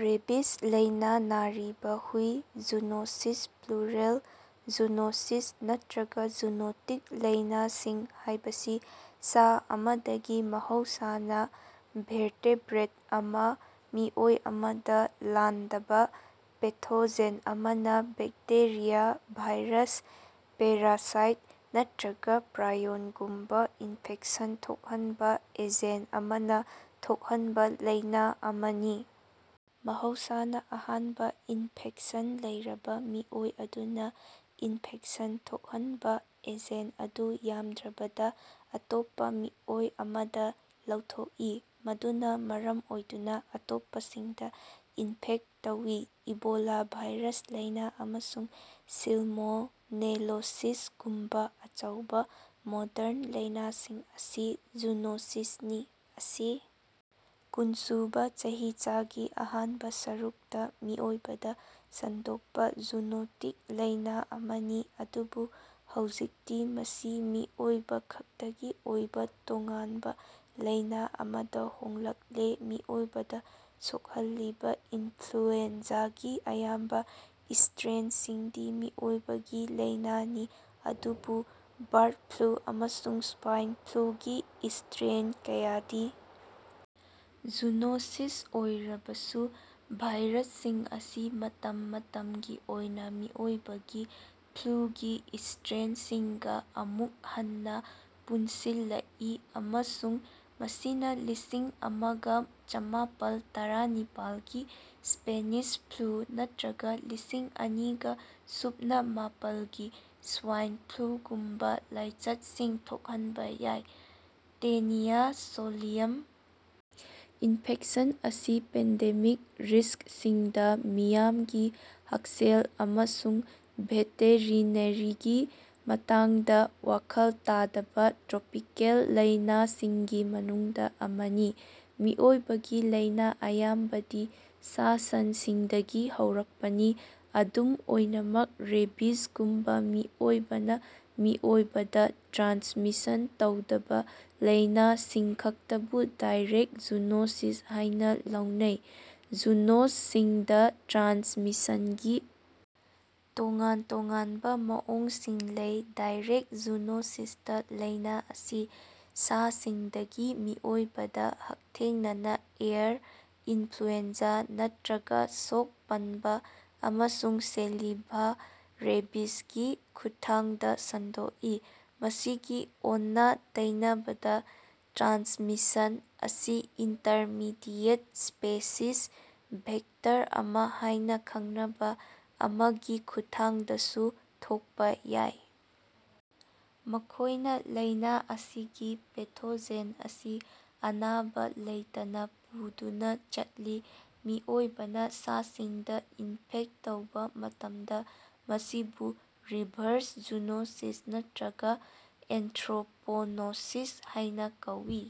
Rabies ꯂꯩꯅꯥ ꯅꯥꯔꯤꯕ ꯍꯨꯢ ꯖꯨꯅꯣꯁꯤꯁ (ꯄ꯭ꯂꯨꯔꯦꯜ ꯖꯨꯅꯣꯁꯤꯁ, ꯅꯠꯇ꯭ꯔꯒ ꯖꯨꯅꯣꯇꯤꯛ ꯂꯩꯅꯥꯁꯤꯡ) ꯍꯥꯏꯕꯁꯤ ꯁꯥ ꯑꯃꯗꯒꯤ (ꯃꯍꯧꯁꯥꯅ ꯚꯦꯔꯇꯦꯕ꯭ꯔꯦꯠ ꯑꯃ) ꯃꯤꯑꯣꯏ ꯑꯃꯗ ꯂꯥꯟꯗꯥꯕ ꯄꯦꯊꯣꯖꯦꯟ ꯑꯃꯅ ꯕꯦꯛꯇꯦꯔꯤꯌꯥ, ꯚꯥꯏꯔꯁ, ꯄꯦꯔꯥꯁꯥꯏꯠ ꯅꯠꯇ꯭ꯔꯒ ꯄ꯭ꯔꯥꯏꯑꯣꯟꯒꯨꯝꯕꯥ ꯏꯟꯐꯦꯛꯁꯟ ꯊꯣꯛꯍꯟꯕ ꯑꯦꯖꯦꯟ ꯑꯃꯅ ꯊꯣꯛꯍꯟꯕ ꯂꯩꯅꯥ ꯑꯃꯅꯤ꯫ ꯃꯍꯧꯁꯥꯅꯥ, ꯑꯍꯥꯟꯕ ꯏꯟꯐꯦꯛꯁꯟ ꯂꯩꯔꯕ ꯃꯤꯑꯣꯏ ꯑꯗꯨꯅ ꯏꯟꯐꯦꯛꯁꯟ ꯊꯣꯛꯍꯟꯕ ꯑꯦꯖꯦꯟ ꯑꯗꯨ ꯌꯥꯝꯗ꯭ꯔꯕꯗ ꯑꯇꯣꯞꯄꯥ ꯃꯤꯑꯣꯏ ꯑꯃꯗ ꯂꯧꯊꯣꯛꯏ, ꯃꯗꯨꯅ ꯥ ꯃꯔꯝ ꯑꯣꯏꯗꯨꯅ ꯑꯇꯣꯞꯄꯁꯤꯡꯗ ꯏꯟꯐꯦꯛ ꯇꯧꯏ꯫ ꯏꯕꯣꯂꯥ ꯚꯥꯏꯔꯁ ꯂꯩꯅꯥ ꯑꯃꯁꯨꯡ ꯁꯥꯜꯃꯣꯅꯦꯂꯣꯁꯤꯁꯒꯨꯝꯕ ꯑꯆꯧꯕꯥ ꯃꯣꯗ꯭ꯔꯟ ꯂꯩꯅꯥꯁꯤꯡ ꯑꯁꯤ ꯖꯨꯅꯣꯁꯤꯁꯅꯤ꯫ ꯑꯁꯤ ꯀꯨꯟꯁꯨꯕꯥ ꯆꯍꯤꯆꯥꯒꯤ ꯑꯍꯥꯟꯕ ꯁꯔꯨꯛꯇꯥ ꯃꯤꯑꯣꯏꯕꯗ ꯁꯟꯗꯣꯛꯄ ꯖꯨꯅꯣꯇꯤꯛ ꯂꯩꯅꯥ ꯑꯃꯅꯤ, ꯑꯗꯨꯕꯨ ꯍꯧꯖꯤꯛꯇꯤ ꯃꯁꯤ ꯃꯤꯑꯣꯏꯕꯈꯛꯇꯒꯤ ꯑꯣꯏꯕ ꯇꯣꯉꯥꯟꯕ ꯂꯩꯅꯥ ꯑꯃꯗ ꯍꯣꯡꯂꯛꯂꯦ꯫ ꯃꯤꯑꯣꯏꯕꯗ ꯁꯣꯛꯍꯜꯂꯤꯕ ꯏꯟꯐ꯭ꯂꯨꯑꯦꯟꯖꯥꯒꯤ ꯑꯌꯥꯝꯕ ꯏꯁꯇ꯭ꯔꯦꯟꯁꯤꯡꯗꯤ ꯃꯤꯑꯣꯏꯕꯒꯤ ꯂꯩꯅꯥꯅꯤ, ꯑꯗꯨꯕꯨ ꯕꯥꯔꯠ ꯐ꯭ꯂꯨ ꯑꯃꯁꯨꯡ ꯁ꯭ꯋꯥꯏꯟ ꯐ꯭ꯂꯨꯒꯤ ꯏꯁꯇ꯭ꯔꯦꯟ ꯀꯌꯥꯗꯤ ꯖꯨꯅꯣꯁꯤꯁ ꯑꯣꯏꯔꯕꯁꯨ ꯚꯥꯏꯔꯁꯁꯤꯡ ꯑꯁꯤ ꯃꯇꯝ ꯃꯇꯝꯒꯤ ꯑꯣꯏꯅ ꯃꯤꯑꯣꯏꯕꯒꯤ ꯐ꯭ꯂꯨꯒꯤ ꯏꯁꯇ꯭ꯔꯦꯟꯁꯤꯡꯒ ꯑꯃꯨꯛ ꯍꯟꯅꯥ ꯄꯨꯟꯁꯤꯜꯂꯛꯏ ꯑꯃꯁꯨꯡ ꯃꯁꯤꯅꯥ ꯂꯤꯁꯤꯡ ꯑꯃꯒꯥ ꯆꯃꯥꯄꯜ ꯇꯔꯥꯅꯤꯄꯥꯜꯒꯤ ꯁ꯭ꯄꯦꯅꯤꯁ ꯐ꯭ꯂꯨ ꯅꯠꯇ꯭ꯔꯒ ꯂꯤꯁꯤꯡ ꯑꯅꯤꯒꯥ ꯁꯨꯞꯅꯥ ꯃꯥꯄꯜꯒꯤ ꯁ꯭ꯋꯥꯏꯟ ꯐ꯭ꯂꯨꯒꯨꯝꯕꯥ ꯂꯥꯏꯆꯠꯁꯤꯡ ꯊꯣꯛꯍꯟꯕ ꯌꯥꯏ꯫ ꯇꯦꯅꯤꯌꯥ ꯁꯣꯂꯤꯌꯝ ꯏꯟꯐꯦꯛꯁꯟ ꯑꯁꯤ ꯄꯦꯟꯗꯦꯃꯤꯛ ꯔꯤꯛꯁꯁꯤꯡꯗꯥ ꯃꯤꯌꯥꯝꯒꯤ ꯍꯛꯁꯦꯜ ꯑꯃꯁꯨꯡ ꯚꯦꯇꯦꯔꯤꯅꯥꯔꯤꯒꯤ ꯃꯇꯥꯡꯗ ꯋꯥꯈꯜ ꯇꯥꯗꯕ ꯇ꯭ꯔꯣꯄꯤꯀꯦꯜ ꯂꯩꯅꯥꯁꯤꯡꯒꯤ ꯃꯅꯨꯡꯗ ꯑꯃꯅꯤ꯫ ꯃꯤꯑꯣꯏꯕꯒꯤ ꯂꯩꯅꯥ ꯑꯌꯥꯝꯕꯗꯤ ꯁꯥ-ꯁꯟꯁꯤꯡꯗꯒꯤ ꯍꯧꯔꯛꯄꯅꯤ, ꯑꯗꯨꯝ ꯑꯣꯏꯅꯃꯛ ꯔꯦꯕꯤꯖꯒꯨꯝꯕꯥ ꯃꯤꯑꯣꯏꯕꯅ ꯃꯤꯑꯣꯏꯕꯗ ꯇ꯭ꯔꯥꯟꯁꯃꯤꯁꯟ ꯇꯧꯗꯕꯥ ꯂꯩꯅꯥꯁꯤꯡꯈꯛꯇꯕꯨ ꯗꯥꯏꯔꯦꯛ ꯖꯨꯅꯣꯁꯤꯁ ꯍꯥꯏꯅ ꯂꯧꯅꯩ꯫ ꯖꯨꯅꯣꯁꯁꯤꯡꯗꯥ ꯇ꯭ꯔꯥꯟꯁꯃꯤꯁꯟꯒꯤ ꯇꯣꯉꯥꯟ-ꯇꯣꯉꯥꯟꯕ ꯃꯑꯣꯡꯁꯤꯡ ꯂꯩ꯫ ꯗꯥꯏꯔꯦꯛ ꯖꯨꯅꯣꯁꯤꯁꯇꯥ ꯂꯩꯅꯥ ꯑꯁꯤ ꯁꯥꯁꯤꯡꯗꯒꯤ ꯃꯤꯑꯣꯏꯕꯗ ꯍꯛꯊꯦꯡꯅꯅꯥ ꯑꯦꯌꯔ (ꯏꯅꯐ꯭ꯂꯨꯑꯦꯟꯖꯥ) ꯅꯠꯇ꯭ꯔꯒ ꯁꯣꯛ-ꯄꯟꯕꯥ ꯑꯃꯁꯨꯡ ꯁꯦꯂꯤꯚꯥ (ꯔꯦꯕꯤꯖ)ꯒꯤ ꯈꯨꯠꯊꯥꯡꯗ ꯁꯟꯗꯣꯛꯏ꯫ ꯃꯁꯤꯒꯤ ꯑꯣꯟꯅ-ꯇꯩꯅꯕꯗꯥ, ꯇ꯭ꯔꯥꯟꯁꯃꯤꯁꯟ ꯑꯁꯤ ꯏꯟꯇꯔꯃꯤꯗꯤꯑꯦꯠ ꯁ꯭ꯄꯦꯁꯤꯁ (ꯚꯦꯛꯇꯔ ꯑꯃ ꯍꯥꯏꯅ ꯈꯪꯅꯕ) ꯑꯃꯒꯤ ꯈꯨꯠꯊꯥꯡꯗꯁꯨ ꯊꯣꯛꯄ ꯌꯥꯏ, ꯃꯈꯣꯏꯅ ꯂꯩꯅꯥ ꯑꯁꯤꯒꯤ ꯄꯦꯊꯣꯖꯦꯟ ꯑꯁꯤ ꯑꯅꯥꯕ ꯂꯩꯇꯅꯥ ꯄꯨꯗꯨꯅꯥ ꯆꯠꯂꯤ꯫ ꯃꯤꯑꯣꯏꯕꯅ ꯁꯥꯁꯤꯡꯗ ꯏꯟꯐꯦꯛ ꯇꯧꯕ ꯃꯇꯝꯗ, ꯃꯁꯤꯕꯨ ꯔꯤꯚꯔꯁ ꯖꯨꯅꯣꯁꯤꯁ ꯅꯠꯇ꯭ꯔꯒ ꯑꯦꯟꯊ꯭ꯔꯣꯄꯣꯅꯣꯁꯤꯁ ꯍꯥꯏꯅ ꯀꯧꯏ꯫